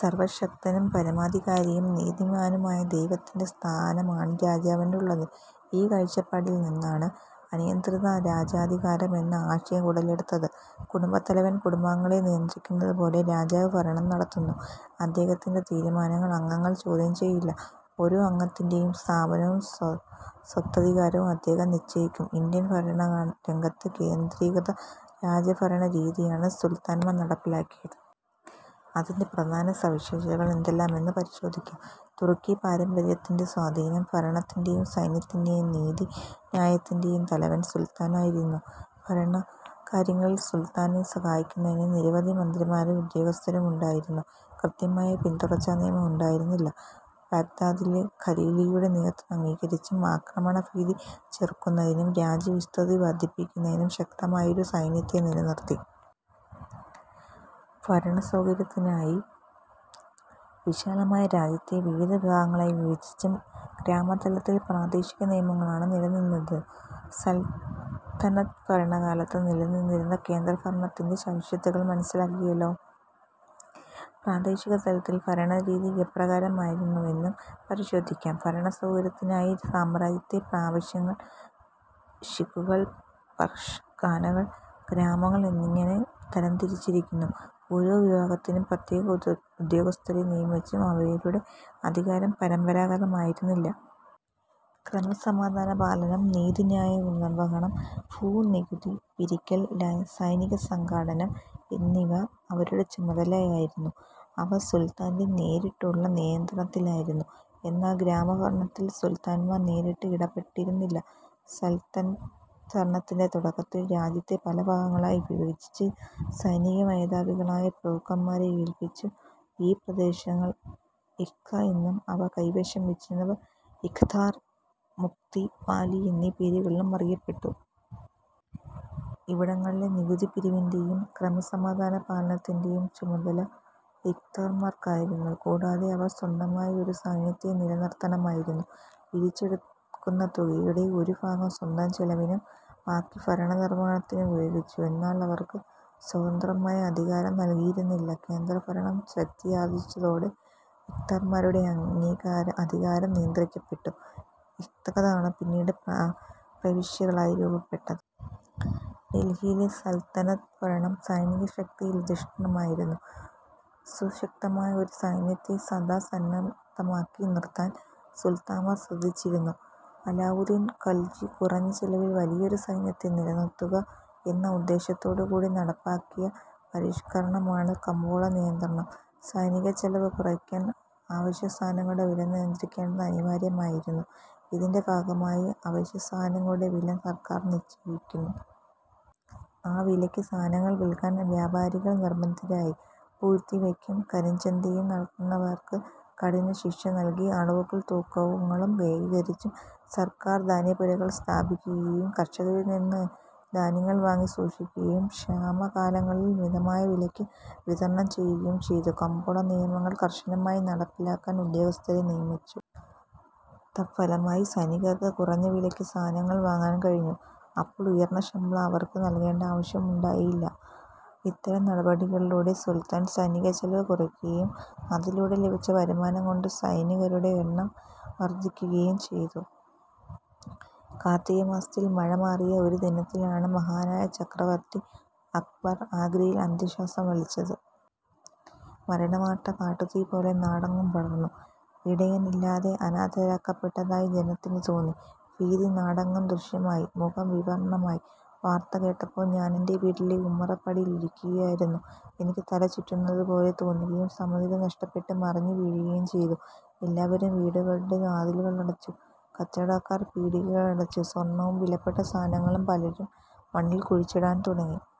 സർവശക്തനും പരമാധികാരിയും നീതിമാനുമായ ദൈവത്തിന്റെ സ്ഥാനമാണ് രാജാവിനുള്ളത്. ഈ കാഴ്ചപ്പാടിൽ നിന്നാണ് അനിയന്ത്രിത രാജാധികാരം എന്ന ആശയം ഉടലെടുത്തത്. കുടുംബത്തലവൻ കുടുംബാംഗങ്ങളെ നിയന്ത്രിക്കുന്നതുപോലെ രാജാവ് ഭരണം നടത്തുന്നു. അദ്ദേഹത്തിന്റെ തീരുമാനങ്ങൾ അംഗങ്ങൾ ചോദ്യം ചെയ്യില്ല. ഓരോ അംഗത്തിന്റെയും സ്ഥാനവും സ്വത്തധികാരവും അദ്ദേഹം നിശ്ച യിക്കും. ഇന്ത്യൻ ഭരണരംഗത്ത് കേന്ദ്രീകൃത രാജഭരണരീതിയാണ് സുൽത്താന്മാർ നടപ്പിലാക്കിയത്. അതിന്റെ പ്രധാന സവിശേഷതകൾ എന്തെല്ലാമെന്ന് പരിശോധിക്കാം. തുർക്കി പാരമ്പര്യത്തിന്റെ സ്വാധീനം. ഭരണത്തിന്റെയും സൈന്യത്തിന്റെയും നീതി ന്യായത്തിന്റെയും തലവൻ സുൽത്താനായിരുന്നു. ഭരണകാര്യങ്ങളിൽ സുൽത്താനെ സഹായിക്കുന്നതിന് നിരവധി മന്ത്രിമാരും ഉദ്യോഗസ്ഥരും ഉണ്ടായിരുന്നു. കൃത്യമായ പിന്തുടർച്ചാ നിയമം ഉണ്ടായിരുന്നില്ല. ബാഗ്ദാദിലെ ഖലീഫയുടെ നേതൃത്വം അംഗീകരിച്ചു. ആക്രമണഭീഷണി ചെറുക്കുന്നതിനും രാജ്യവിസ്തൃതി വർധിപ്പിക്കുന്നതിനും ശക്തമായൊരു സൈന്യത്തെ നില നിർത്തി. ഭരണസൗകര്യത്തിനായി വിശാലമായ രാജ്യത്തെ വിവിധ വിഭാഗങ്ങളായി വിഭജിച്ചു. ഗ്രാമതലത്തിൽ പ്രാദേശികനിയമങ്ങളാണ് നിലനിന്നിരുന്നത്. സൽത്തനത്ത് ഭരണകാലത്തു നിലനിന്നിരുന്ന കേന്ദ്രഭരണത്തിന്റെ സവിശേഷതകൾ മനസ്സിലാക്കിയല്ലോ. പ്രാദേശികതലത്തിലെ ഭരണരീതി എപ്രകാരമായിരുന്നുവെന്നു പരിശോധിക്കാം. ഭരണസൗകര്യത്തിനായി സാമ്രാജ്യത്തെ പ്രവിശ്യകൾ, ഷിഖുകൾ, പർഗാനകൾ, ഗ്രാമങ്ങൾ എന്നിങ്ങനെ തരംതിരിച്ചിരുന്നു. ഓരോ വിഭാഗത്തിനും പ്രത്യേകം ഉദ്യോഗസ്ഥരെ നിയമിച്ചു. അവരുടെ അധികാരം പരമ്പരാഗതമായിരുന്നില്ല. ക്രമസമാധാനപാലനം, നീതി ന്യായനിർവഹണം, ഭൂനികുതി പിരിക്കൽ, സൈനികസംഘാടനം എന്നിവ അവരുടെ ചുമതലയായിരുന്നു. അവർ സുൽത്താന്റെ നേരിട്ടുള്ള നിയന്ത്രണത്തിലായിരുന്നു. എന്നാൽ ഗ്രാമഭരണത്തിൽ സുൽത്താന്മാർ നേരിട്ട് ഇടപെട്ടിരുന്നില്ല. സൽത്തനത്ത് ഭരണത്തിന്റെ തുടക്കത്തിൽ രാജ്യത്തെ പലഭാഗങ്ങളായി വിഭജിച്ച് സൈനികമേധാവികളായ പ്രഭുക്കന്മാരെ ഏൽപ്പിച്ചു. ഈ പ്രദേശങ്ങൾ ഇഖ്ത എന്നും അവ കൈവശം വച്ചിരുന്നവർ "ഇഖദാർ', "മുഖ്തി', 'വാലി' എന്നീ പേരുകളിലും അറിയപ്പെട്ടു. ഇവിടങ്ങളിലെ നികുതിപിരിവിന്റെയും ക്രമസമാധാന പാലനത്തിന്റെയും ചുമതല ഇഖ്ദാർമാർക്കായിരുന്നു. കൂടാതെ, അവർ സ്വന്തമായി ഒരു സൈന്യത്തെ നില നിർത്തണമായിരുന്നു. പിരിച്ചെടുക്കുന്ന തുകയുടെ ഒരു ഭാഗം സ്വന്തം ചെലവിനും ബാക്കി ഭരണനിർവഹണത്തിനും ഉപയോഗിച്ചു. എന്നാൽ അവർക്ക് സ്വതന്ത്രമായ അധികാരം നൽകിയിരുന്നില്ല. കേന്ദ്രഭരണം ശക്തിയാർജിച്ചതോടെ ഇഖ്ദാർമാരുടെ അധികാരം നിയന്ത്രിക്കപ്പെട്ടു. ഇഖ്തകളാണ് പിന്നീട് പ്രവിശ്യകളായി രൂപപ്പെട്ടത്. ഡൽഹിയിലെ സൽത്തനത്ത് ഭരണം സൈനിക ശക്തിയിലധിഷ്ഠിതമായിരുന്നു. സുശക്തമായ ഒരു സൈന്യത്തെ സദാ സന്നദ്ധമാക്കി നിർത്താൻ സുൽത്താന്മാർ ശ്രദ്ധിച്ചിരുന്നു. അലാവുദ്ദീൻ ഖൽജി കുറഞ്ഞ ചെലവിൽ വലിയൊരു സൈന്യത്തെ നിലനിർത്തുക എന്ന ഉദ്ദേശ്യത്തോടുകൂടി നടപ്പിലാക്കിയ പരിഷ്കരണമാണ് കമ്പോളനിയന്ത്രണം. സൈനികച്ചെലവ് കുറയ്ക്കാൻ അവശ്യസാധനങ്ങളുടെ വില നിയന്ത്രിക്കേണ്ടത് അനിവാര്യമായിരുന്നു. ഇതിന്റെ ഭാഗമായി അവശ്യസാധനങ്ങളുടെ വില സർക്കാർ നിശ്ചയിച്ചു. ആ വിലയ്ക്കു സാധനങ്ങൾ വിൽക്കാൻ വ്യാപാരികൾ നിർബന്ധിതരായി. പൂഴ്ത്തിവയ്ക്കും കരിഞ്ചന്തയും നടത്തുന്ന വർക്ക് കഠിനശിക്ഷ നൽകി. അളവുകളും തൂക്കങ്ങളും ഏകീകരിച്ചു. സർക്കാർ ധാന്യപ്പുരകൾ സ്ഥാപിക്കുകയും കർഷകരിൽനിന്ന് ധാന്യങ്ങൾ വാങ്ങി സൂക്ഷിക്കുകയും ക്ഷാമകാലങ്ങളിൽ മിതമായ വിലയ്ക്കു വിതരണം ചെയ്യുകയും ചെയ്തു. കമ്പോള നിയമങ്ങൾ കർശനമായി നടപ്പിലാക്കാൻ ഉദ്യോഗസ്ഥരെ നിയമിച്ചു. തദ്ഫലമായി സൈനികർക്ക് കുറഞ്ഞ വിലയ്ക്ക് സാധനങ്ങൾ വാങ്ങാൻ കഴിഞ്ഞു. അപ്പോൾ ഉയർന്ന ശമ്പളം അവർക്ക് നൽകേണ്ട ആവശ്യം ഉണ്ടായില്ല. ഇത്തരം നടപടികളിലൂടെ സുൽത്താൻ സൈനികച്ചെലവ് കുറയ്ക്കുകയും അതിലൂടെ ലഭിച്ച വരുമാനം കൊണ്ട് സൈനികരുടെ എണ്ണം വർധിപ്പിക്കുകയും ചെയ്തു. കാർത്തികമാസത്തിൽ മഴമാറിയ ഒരു ദിനത്തിലാണ് മഹാനായ ചക്രവർത്തി അക്ബർ ആഗ്രയിൽ അന്ത്യശ്വാസം വലിച്ചത്. മരണവാർത്ത കാട്ടുതീപോലെ നാടെങ്ങും പരന്നു. ഇടയനില്ലാതെ അനാഥരാക്കപ്പെട്ടതായി ജനത്തിനു തോന്നി. ഭീതി നാടെങ്ങും ദൃശ്യമായി, മുഖം വിവർണമായി... വാർത്ത കേട്ടപ്പോൾ ഞാനെന്റെ വീട്ടിലെ ഉമ്മറപ്പടിയിലിരിക്കുകയായിരുന്നു. എനിക്ക് തല ചുറ്റുന്നതുപോലെ തോന്നുകയും സമനില നഷ്ടപ്പെട്ട് മറിഞ്ഞു വീഴുകയും ചെയ്തു. എല്ലാവരും വീടുകളുടെ വാതിലുകളടച്ചു. കച്ചവടക്കാർ പീടികകളടച്ചു. സ്വർണവും വിലപ്പെട്ട സാധനങ്ങളും പലരും മണ്ണിൽ കുഴിച്ചിടാൻ തുടങ്ങി.